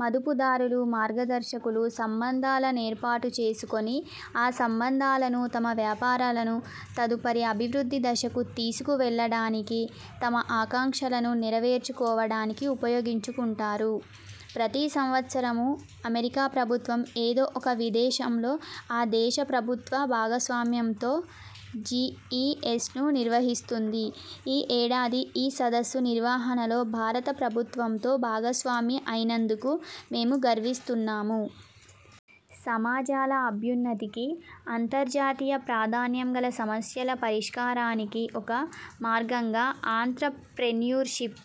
మదుపుదారులు, మార్గదర్శకులు సంబంధాల నేర్పాటు చేసుకొని, ఆ సంబంధాలను తమ వ్యాపారాలను తదుపరి అభివృద్ధి దశకు తీసుకు వెళ్ళడానికి, తమ ఆకాంక్షలను నెరవేర్చుకోవడానికి ఉపయోగించుకుంటారు. ప్రతి సంవత్సరమూ, అమెరికా ప్రభుత్వం, ఏదో ఒక విదేశంలో, ఆ దేశ ప్రభుత్వ భాగస్వామ్యంతో జిఇఎస్ను నిర్వహిస్తుంది. ఈ ఏడాది ఈ సదస్సు నిర్వహణలో భారత ప్రభుత్వంతో భాగస్వామి అయినందుకు మేము గర్విస్తున్నాము. సమాజాల అభ్యున్నతికి, అంతర్జాతీయ ప్రాధాన్యం గల సమస్యల పరిష్కారానికి ఒక మార్గంగా ఆంత్రప్రెన్యూర్షిప్,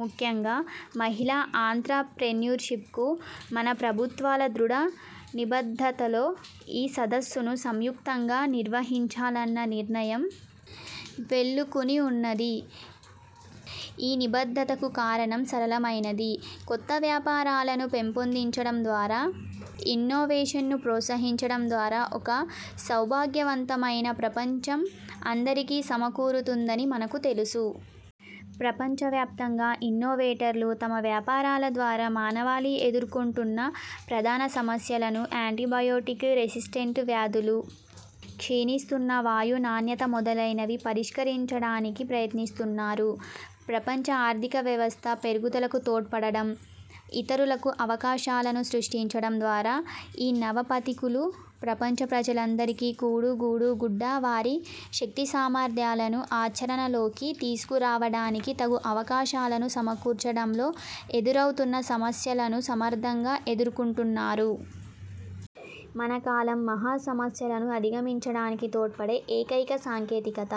ముఖ్యంగా మహిళా ఆంత్రప్రెన్యూర్షిప్కు మన ప్రభుత్వాల దృఢ నిబద్ధతలో ఈ సదస్సును సంయుక్తంగా నిర్వహించాలన్న నిర్ణయం వేళ్ళూనుకునివున్నది. ఈ నిబద్ధతకు కారణం సరళమైనది. కొత్త వ్యాపారాలను పెంపొందించడం ద్వారా, ఇన్నోవేషన్ను ప్రోత్సహించడం ద్వారా ఒక సౌభాగ్యవంతమైన ప్రపంచం అందరికీ సమకూరుతుందని మనకు తెలుసు. ప్రపంచవ్యాప్తంగా ఇన్నోవేటర్లు తమ వ్యాపారాల ద్వారా మానవాళి ఎదుర్కొంటున్న ప్రధాన సమస్యలను––యాన్టీబయోటిక్ రెసిస్టెంట్ వ్యాధులు, క్షీణిస్తున్న వాయు నాణ్యత మొదలైనవి––పరిష్కరించడానికి ప్రయత్నిస్తున్నారు. ప్రపంచ ఆర్థిక వ్యవస్థ పెరుగుదలకు తోడ్పడడం, ఇతరులకు అవకాశాలను సృష్టించడం ద్వారా ఈ నవ పథికులు ప్రపంచ ప్రజలందరికీ కూడు, గూడు, గుడ్డ, వారి శక్తి సామర్థ్యాలను ఆచర ణలలోకి తీసుకురావడానికి తగు అవకాశాలను సమకూర్చడంలో ఎదురవుతున్న సమస్యలను సమర్థంగా ఎదుర్కొంటున్నారు. మన కాలం మహా సమస్యలను అధిగమించడానికి తోడ్పడే ఏకైక సాంకేతికత,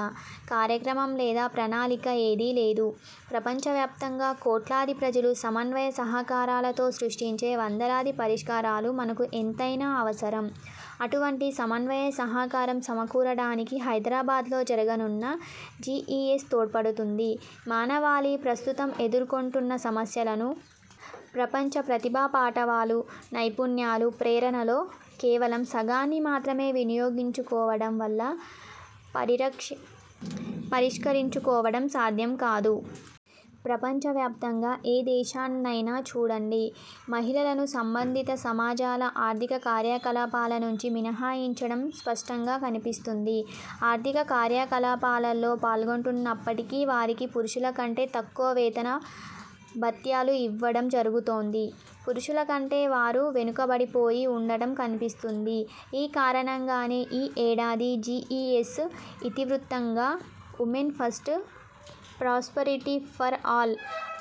కార్యక్రమం లేదా ప్రణాళిక ఏదీ లేదు. ప్రపంచవ్యాప్తంగా కోట్లాది ప్రజలు సమన్వయ సహకారాలతో సృష్టించే వందలాది పరిష్కారాలు మనకు ఎంతైనా అవసరం. అటువంటి సమన్వయ సహకారం సమకూరడానికి హైదరాబాద్లో జరగనున్న జిఇఎస్ తోడ్పడుతుంది. మానవాళి ప్రస్తుతం ఎదుర్కొంటున్న సమస్యలను, ప్రపంచ ప్రతిభాపాటవాలు, నైపుణ్యాలు, ప్రేరణలలో కేవలం సగాన్ని మాత్రమే వినియోగించుకోవడం వల్ల పరిష్కరించుకోవడం సాధ్యం కాదు. ప్రపంచవ్యాప్తంగా ఏ దేశాన్నయినా చూడండి– మహిళలను సంబంధిత సమాజాల ఆర్థిక కార్యకలాపాల నుంచి మినహాయించడం స్పష్టంగా కన్పిస్తుంది. ఆర్థిక కార్యకలాపాలలో పాల్గొంటున్నప్పటికీ వారికి పురుషులకంటే తక్కువ వేతన భత్యాలు ఇవ్వడం జరుగుతోంది. పురుషులకంటే వారు వెనుకబడిపోయి వుండడం కన్పిస్తుంది. ఈ కారణంగానే ఈ ఏడాది జిఇఎస్ ఇతివృత్తంగా 'women first, prosperity for all'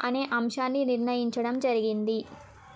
అనే అంశాన్ని నిర్ణయించడం జరిగింది.